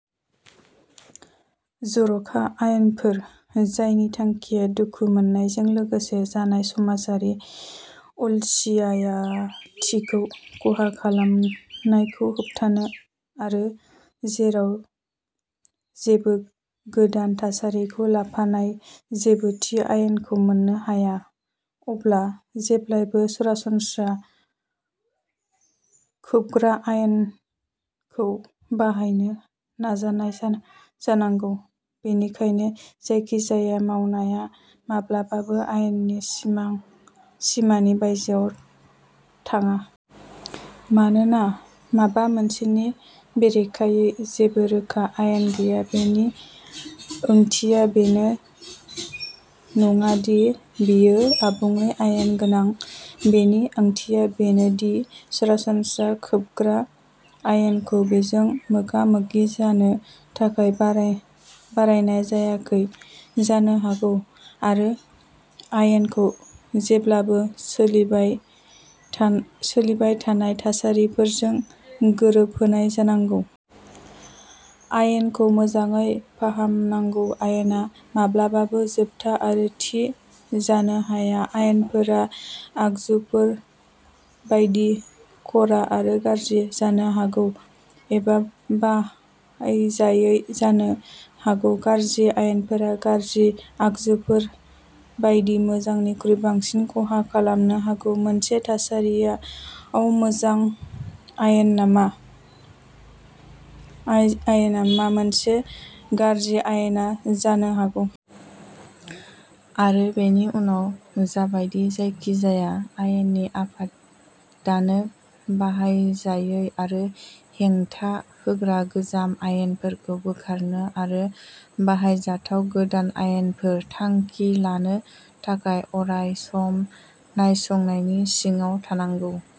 जर'खा आयेनफोर जायनि थांखिया दुखु मोननायजों लोगोसे जानाय समाजारि अलसियायाथिखौ खहा जानायखौ होबथानो। आरो जेराव जेबो गोदान थासारिखौ लाफानाय जेबो थि आयेनखौ मोननो हाया, अब्ला जेब्लायबो सरासनस्रा खोबग्रा आयेनखौ बाहायनो नाजानाय जानांगौ। बेनिखायनो जायखिजाया मावनाया माब्लाबाबो आयेननि सिमां सिमानि बायजोआव थाङा। मानोना माबा मोनसेनि बेरेखायै जेबो रोखा आयेन गैया, बेनि ओंथिया बेनो नङा दि बियो आबुङै आयेन गोनां। बेनि ओंथिया बेनो दि सरासनस्रा खोबग्रा आयेनखौ बेजों मोगा-मोगि जानो थाखाय बारा बारायनाय जायाखै जानो हागौ। आरो आयेनखौ जेब्लाबो सोलिबाय था सोलिबाय थानाय थासारिफोरजों गोरोबहोनाय जानांगौ। आयेनखौ मोजाङै फाहामनांगौ। आयेना माब्लाबाबो जोबथा आरो थि जानो हाया। आयेनफोरा, आगजुफोर बायदि, ख'रा आरो गाज्रि जानो हागौ, एबा बाहायजायै जानो हागौ। गाज्रि आयेनफोरा, गाज्रि आगजुफोर बायदि, मोजांनिख्रुइ बांसिन खहा खालामनो हागौ। मोनसे थासारियाव मोजां आयेना मा मोनसे गाज्रि आयेन नामा आयेना जानो हागौ। आरो बेनि उनाव जाबायदि जायखिजाया आयेननि आफादानो बाहायजायै आरो हेंथा होग्रा गोजाम आयेनफोरखौ बोखारनो आरो बाहायजाथाव गोदान आयेनफोर थांखि लानो थाखाय अराय सम नायसंनायनि सिङाव थानांगौ।